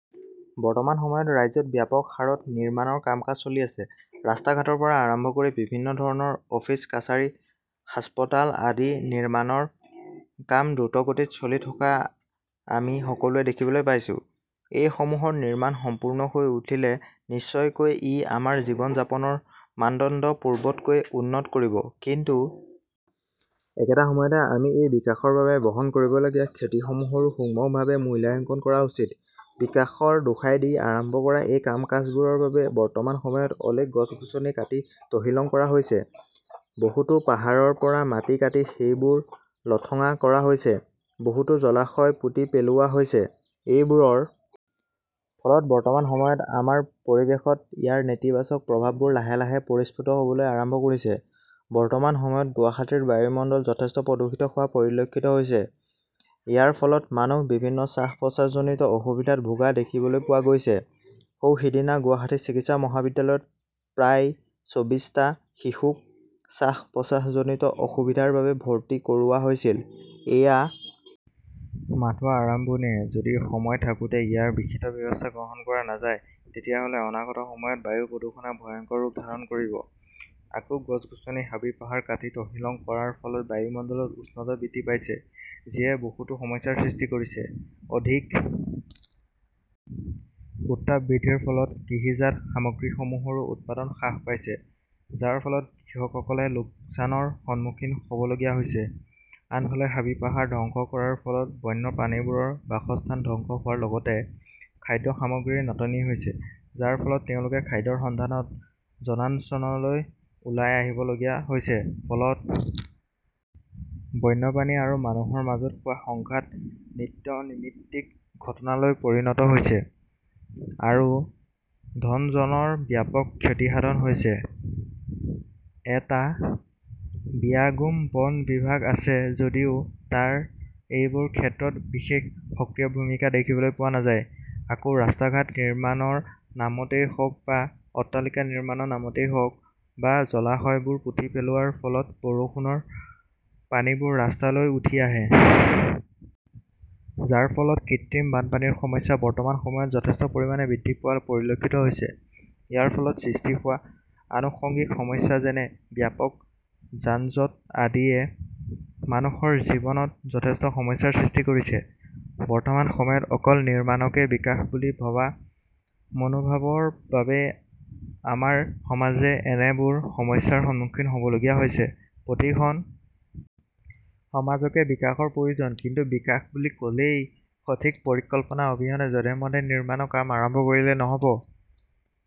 বৰ্তমান সময়ত ৰাজ্যত ব্যাপক হাৰত নিৰ্মাণৰ কাম-কাজ চলি আছে। ৰাস্তা-ঘাটৰ পৰা আৰম্ভ কৰি বিভিন্ন ধৰণৰ অফিচ-কাছাৰী হাস্পতাল আদি নিৰ্মাণৰ কাম দ্ৰুতগতিত চলি থকা আমি সকলোৱে দেখিবলৈ পাইছো। এই সমূহৰ নিৰ্মাণ সম্পূৰ্ণ হৈ উঠিলে নিশ্চয়কৈ ই আমাৰ জীৱন-যাপনৰ মানদণ্ড পূৰ্বতকৈ উন্নত কৰিব। কিন্তু একেটা সময়তে আমি এই বিকাশৰ বাবে বহন কৰিবলগীয়া ক্ষতিসমূহৰো সুক্ষ্মভাৱে মূল্যাংকন কৰা উচিত। বিকাশৰ দোহাই দি আৰম্ভ কৰা এই কাম-কাজবোৰৰ বাবে বৰ্তমান সময়ত অলেখ গছ-গছনি কাটি তহিলং কৰা হৈছে, বহুতো পাহাৰৰ পৰা মাটি কাটি সেইবোৰ লঠঙা কৰা হৈছে, বহুতো জলাশয় পুতি পেলোৱা হৈছে। এইবোৰৰ ফলত বৰ্তমান সময়ত আমাৰ পৰিৱেশত ইয়াৰ নেতিবাচক প্ৰভাৱবোৰ লাহে লাহে পৰিস্ফুত হ'বলৈ আৰম্ভ কৰিছে। বৰ্তমান সময়ত গুৱাহাটীৰ বায়ুমণ্ডল যথেষ্ট প্ৰদূষিত হোৱা পৰিলক্ষিত হৈছে। ইয়াৰ ফলত মানুহ বিভিন্ন শ্বাস-প্ৰশ্বাসজনিত অসুবিধাত ভোগা দেখিবলৈ পোৱা গৈছে। সৌ সিদিনা গুৱাহাটী চিকিৎসা মহাবিদ্যালয়ত প্ৰায় ছবিছটা শিশুক শ্বাস-প্ৰশ্বাসজনিত অসুবিধাৰ বাবে ভৰ্তি কৰোৱা হৈছিল। এয়া মাথো আৰম্ভণিহে যদি সময় থাকোতে ইয়াৰ বিহিত ব্যৱস্থা গ্ৰহণ কৰা নাযায় তেতিয়াহ'লে অনাগত সময়ত বায়ু প্ৰদূষণে ভয়ংকৰ ৰূপ ধাৰণ কৰিব। আকৌ গছ-গছনি হাবি-পাহাৰ কাটি তহিলং কৰাৰ ফলত বায়ুমণ্ডলত উষ্ণতা বৃদ্ধি পাইছে, যিয়ে বহুতো সমস্যাৰ সৃষ্টি কৰিছে। অধিক উত্তাপ বৃদ্ধিৰ ফলত কৃষিজাত সামগ্ৰীসমূহৰো উৎপাদন হ্ৰাস পাইছে, যাৰ ফলত কৃষকসকলে লোকচানৰ সন্মুখীন হবলগীয়া হৈছে। আনফালে হাবি-পাহাৰ ধ্বংস কৰাৰ ফলত বন্য প্ৰাণীবোৰৰ বাসস্থান ধ্বংস হোৱাৰ লগতে, খাদ্য সামগ্ৰীৰ নাটনি হৈছে, যাৰ ফলত তেওঁলোক খাদ্যৰ সন্ধানত জনানঞ্চললৈ ওলাই আহিবলগীয়া হৈছে। ফলত বন্যপ্ৰাণী আৰু মানুহৰ মাজত হোৱা সংঘাত নিত্য নৈমিত্তিক ঘটনালৈ পৰিণত হৈছে আৰু ধনজনৰ ব্যাপক ক্ষতিসাধন হৈছে। এটা বিয়াগোম বন বিভাগ আছে যদিও তাৰ এইবোৰ ক্ষেত্ৰত বিশেষ সক্ৰিয় ভূমিকা দেখিবলৈ পোৱা নাযায়। আকৌ ৰাস্তা-ঘাট নিৰ্মাণৰ নামতেই হওঁক বা অট্টালিকা নিৰ্মাণৰ নামতেই হওঁক বা জলাশয়বোৰ পুতি পেলোৱাৰ ফলত বৰষুণৰ পানীবোৰ ৰাস্তালৈ উঠি আহে। যাৰ ফলত কৃত্ৰিম বানপানীৰ সমস্যা বৰ্তমান সময়ত যথেষ্ট পৰিমাণে বৃদ্ধি পোৱা পৰিলক্ষিত হৈছে। ইয়াৰ ফলত সৃষ্টি হোৱা আনুসংগিক সমস্যা যেনে: ব্যাপক যানজঁট আদিয়ে মানুহৰ জীৱনত যথেষ্ট সমস্যাৰ সৃষ্টি কৰিছে। বৰ্তমান সময়ত অকল নিৰ্মাণকে বিকাশ বুলি ভবা মনোভাৱৰ বাবে আমাৰ সমাজে এনেবোৰ সমস্যাৰ সন্মুখীন হ'বলগীয়া হৈছে। প্ৰতিখন সমাজকে বিকাশৰ প্ৰয়োজন, কিন্তু বিকাশ বুলি ক'লেই সঠিক পৰিকল্পনা অবিহনে যধে-মধে নিৰ্মাণৰ কাম আৰম্ভ কৰিলে নহ'ব।